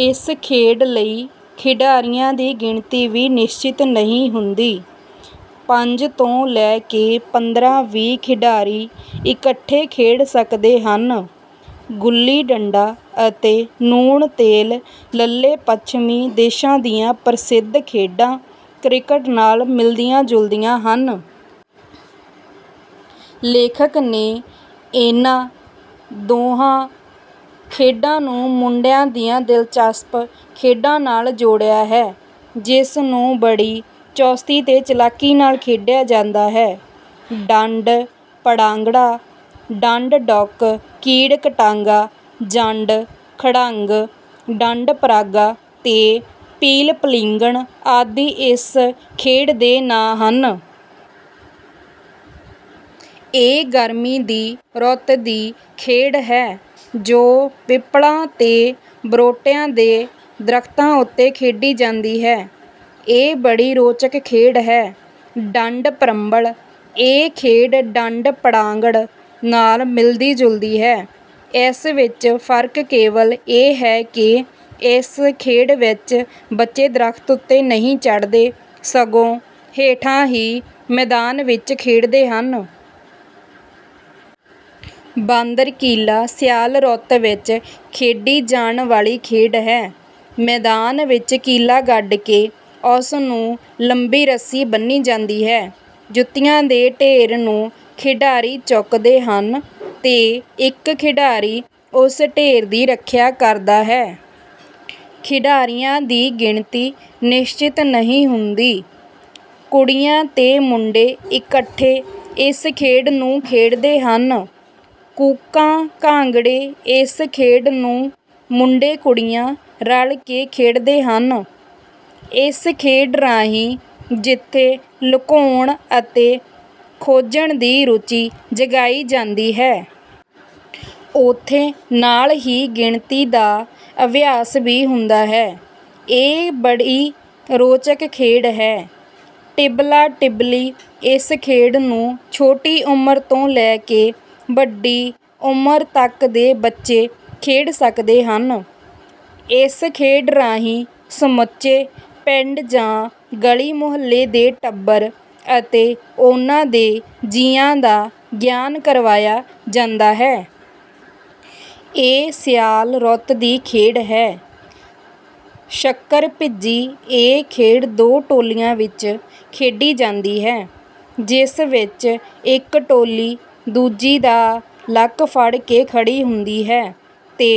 ਇਸ ਖੇਡ ਲਈ ਖਿਡਾਰੀਆਂ ਦੀ ਗਿਣਤੀ ਵੀ ਨਿਸ਼ਚਿਤ ਨਹੀਂ ਹੁੰਦੀ। ਪੰਜ ਤੋਂ ਲੈ ਕੇ ਪੰਦਰਾਂ ਵੀਹ ਖਿਡਾਰੀ ਇਕੱਠੇ ਖੇਡ ਸਕਦੇ ਹਨ। ਗੁੱਲੀ ਡੰਡਾ ਅਤੇ ਨੂਣ ਤੇਲ ਲੱਲੇ ਪੱਛਮੀ ਦੇਸ਼ਾਂ ਦੀਆਂ ਪ੍ਰਸਿੱਧ ਖੇਡਾਂ ਕ੍ਰਿਕਟ ਨਾਲ ਮਿਲਦੀਆਂ ਜੁਲਦੀਆਂ ਹਨ। ਲੇਖਕ ਨੇ ਇਨ੍ਹਾਂ ਦੋਹਾਂ ਖੇਡਾਂ ਨੂੰ ਮੁੰਡਿਆਂ ਦੀਆਂ ਦਿਲਚਸਪ ਖੇਡਾਂ ਨਾਲ ਜੋੜਿਆ ਹੈ ਜਿਸ ਨੂੰ ਬੜੀ ਚੁਸਤੀ ਤੇ ਚਲਾਕੀ ਨਾਲ ਖੇਡਿਆ ਜਾਂਦਾ ਹੈ। ਡੰਡ ਪੜਾਂਗੜਾ, ਡੰਡ ਡੁੱਕ, ਕੀੜ ਕੜਾਂਗਾ, ਜੰਡ, ਖੜੰਗ, ਡੰਡ ਪਰਾਗਾ ਤੇ ਪੀਲ ਪਲੀਂਗਣ ਆਦਿ ਇਸ ਖੇਡ ਦੇ ਨਾਂ ਹਨ। ਇਹ ਗਰਮੀ ਦੀ ਰੁੱਤ ਦੀ ਖੇਡ ਹੈ, ਜੋ ਪਿੱਪਲਾਂ ਤੇ ਬਰੋਟੀਆਂ ਦੇ ਦਰਖਤਾਂ ਉੱਤੇ ਖੇਡੀ ਜਾਂਦੀ ਹੈ। ਇਹ ਬੜੀ ਰੋਚਕ ਖੇਡ ਹੈ। ਡੰਡ ਪਰੰਬਲ ਇਹ ਖੇਡ ਡੰਡ ਪੜਾਂਗੜ ਨਾਲ ਮਿਲਦੀ ਜੁਲਦੀ ਹੈ। ਇਸ ਵਿੱਚ ਫ਼ਰਕ ਕੇਵਲ ਇਹ ਹੈ ਕਿ ਇਸ ਖੇਡ ਵਿੱਚ ਬੱਚੇ ਦਰੱਖਤ ਉੱਤੇ ਨਹੀਂ ਚੜ੍ਹਦੇ ਸਗੋਂ ਹੇਠਾਂ ਹੀ ਮੈਦਾਨ ਵਿੱਚ ਖੇਡਦੇ ਹਨ। ਬਾਂਦਰ ਕੀਲਾ ਸਿਆਲ ਰੁੱਤ ਵਿੱਚ ਖੇਡੀ ਜਾਣ ਵਾਲੀ ਖੇਡ ਹੈ। ਮੈਦਾਨ ਵਿੱਚ ਇੱਕ ਕੀਲਾ ਗੱਡ ਕੇ ਉਸ ਨੂੰ ਲੰਬੀ ਰੱਸੀ ਬੰਨ੍ਹੀ ਜਾਂਦੀ ਹੈ। ਜੁੱਤੀਆਂ ਦੇ ਢੇਰ ਨੂੰ ਖਿਡਾਰੀ ਚੁੱਕਦੇ ਹਨ ਤੇ ਇੱਕ ਖਿਡਾਰੀ ਉਸ ਢੇਰ ਦੀ ਰੱਖਿਆ ਕਰਦਾ ਹੈ। ਖਿਡਾਰੀਆਂ ਦੀ ਗਿਣਤੀ ਨਿਸ਼ਚਿਤ ਨਹੀਂ ਹੁੰਦੀ। ਕੁੜੀਆਂ ਤੇ ਮੁੰਡੇ ਇਕੱਠੇ ਇਸ ਖੇਡ ਨੂੰ ਖੇਡਦੇ ਹਨ। ਕੂਕਾਂ ਕਾਂਘੜੇ ਇਸ ਖੇਡ ਨੂੰ ਮੁੰਡੇ ਕੁੜੀਆਂ ਰਲ ਕੇ ਖੇਡਦੇ ਹਨ। ਇਸ ਖੇਡ ਰਾਹੀਂ ਜਿੱਥੇ ਲੁਕਾਉਣ ਅਤੇ ਖੋਜਣ ਦੀ ਰੁਚੀ ਜਗਾਈ ਜਾਂਦੀ ਹੈ। ਉੱਥੇ ਨਾਲ ਹੀ ਗਿਣਤੀ ਦਾ ਅਭਿਆਸ ਵੀ ਹੁੰਦਾ ਹੈ। ਇਹ ਬੜੀ ਰੌਚਕ ਖੇਡ ਹੈ। ਟਿਬਲਾ ਟਿਬਲੀ ਇਸ ਖੇਡ ਨੂੰ ਛੋਟੀ ਉਮਰ ਤੋਂ ਲੈ ਕੇ ਵੱਡੀ ਉਮਰ ਤੱਕ ਦੇ ਬੱਚੇ ਖੇਡ ਸਕਦੇ ਹਨ। ਇਸ ਖੇਡ ਰਾਹੀਂ ਸਮੁੱਚੇ ਪਿੰਡ ਜਾਂ ਆਪਣੀ ਗਲ਼ੀ ਮੁਹੱਲੇ ਦੇ ਟੱਬਰ ਅਤੇ ਉਨ੍ਹਾਂ ਦੇ ਜੀਆਂ ਦਾ ਗਿਆਨ ਕਰਵਾਇਆ ਜਾਂਦਾ ਹੈ। ਇਹ ਸਿਆਲ ਰੁੱਤ ਦੀ ਖੇਡ ਹੈ। ਸ਼ੱਕਰ ਭਿੱਜੀ ਇਹ ਖੇਡ ਦੋ ਟੋਲੀਆਂ ਵਿੱਚ ਖੇਡੀ ਜਾਂਦੀ ਹੈ ਜਿਸ ਵਿੱਚ ਇੱਕ ਟੋਲੀ ਦੂਜੀ ਦਾ ਲੱਕ ਫੜ ਕੇ ਖੜੀ ਹੁੰਦੀ ਹੈ ਤੇ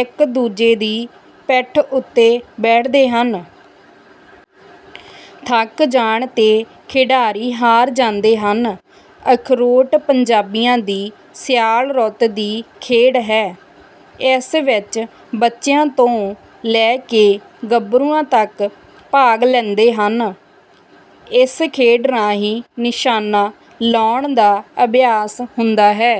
ਇੱਕ ਦੂਜੇ ਦੀ ਪਿੱਠ ਉੱਤੇ ਬੈਠਦੇ ਹਨ। ਥੱਕ ਜਾਣ ਤੇ ਖਿਡਾਰੀ ਹਾਰ ਜਾਂਦੇ ਹਨ। ਅਖਰੋਟ ਪੰਜਾਬੀਆਂ ਦੀ ਸਿਆਲ ਰੁੱਤ ਦੀ ਖੇਡ ਹੈ। ਇਸ ਵਿੱਚ ਬੱਚਿਆਂ ਤੋਂ ਲੈ ਕੇ ਗੱਭਰੂਆਂ ਤੱਕ ਭਾਗ ਲੈਂਦੇ ਹਨ। ਇਸ ਖੇਡ ਰਾਹੀਂ ਨਿਸ਼ਾਨਾ ਲਾਉਣ ਦਾ ਅਭਿਆਸ ਹੁੰਦਾ ਹੈ।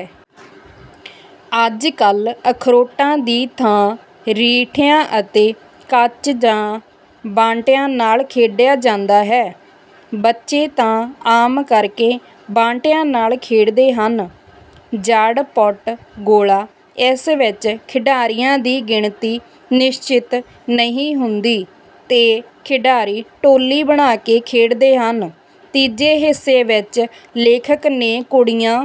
ਅੱਜ ਕੱਲ ਅਖਰੋਟਾਂ ਦੀ ਥਾਂ ਰੀਠਿਆਂ ਅਤੇ ਕੱਚ ਜਾਂ ਬਾਂਟਿਆਂ ਨਾਲ ਖੇਡਿਆ ਜਾਂਦਾ ਹੈ। ਬੱਚੇ ਤਾਂ ਆਮ ਕਰਕੇ ਬਾਂਟਿਆਂ ਨਾਲ ਖੇਡਦੇ ਹਨ। ਜੜ ਪੁਟ ਗੋਲਾ ਇਸ ਵਿੱਚ ਖਿਡਾਰੀਆਂ ਦੀ ਗਿਣਤੀ ਨਿਸ਼ਚਿਤ ਨਹੀਂ ਹੁੰਦੀ ਤੇ ਖਿਡਾਰੀ ਟੋਲੀ ਬਣਾ ਕੇ ਖੇਡਦੇ ਹਨ। ਤੀਜੇ ਹਿੱਸੇ ਵਿੱਚ ਲੇਖਕ ਨੇ ਕੁੜੀਆਂ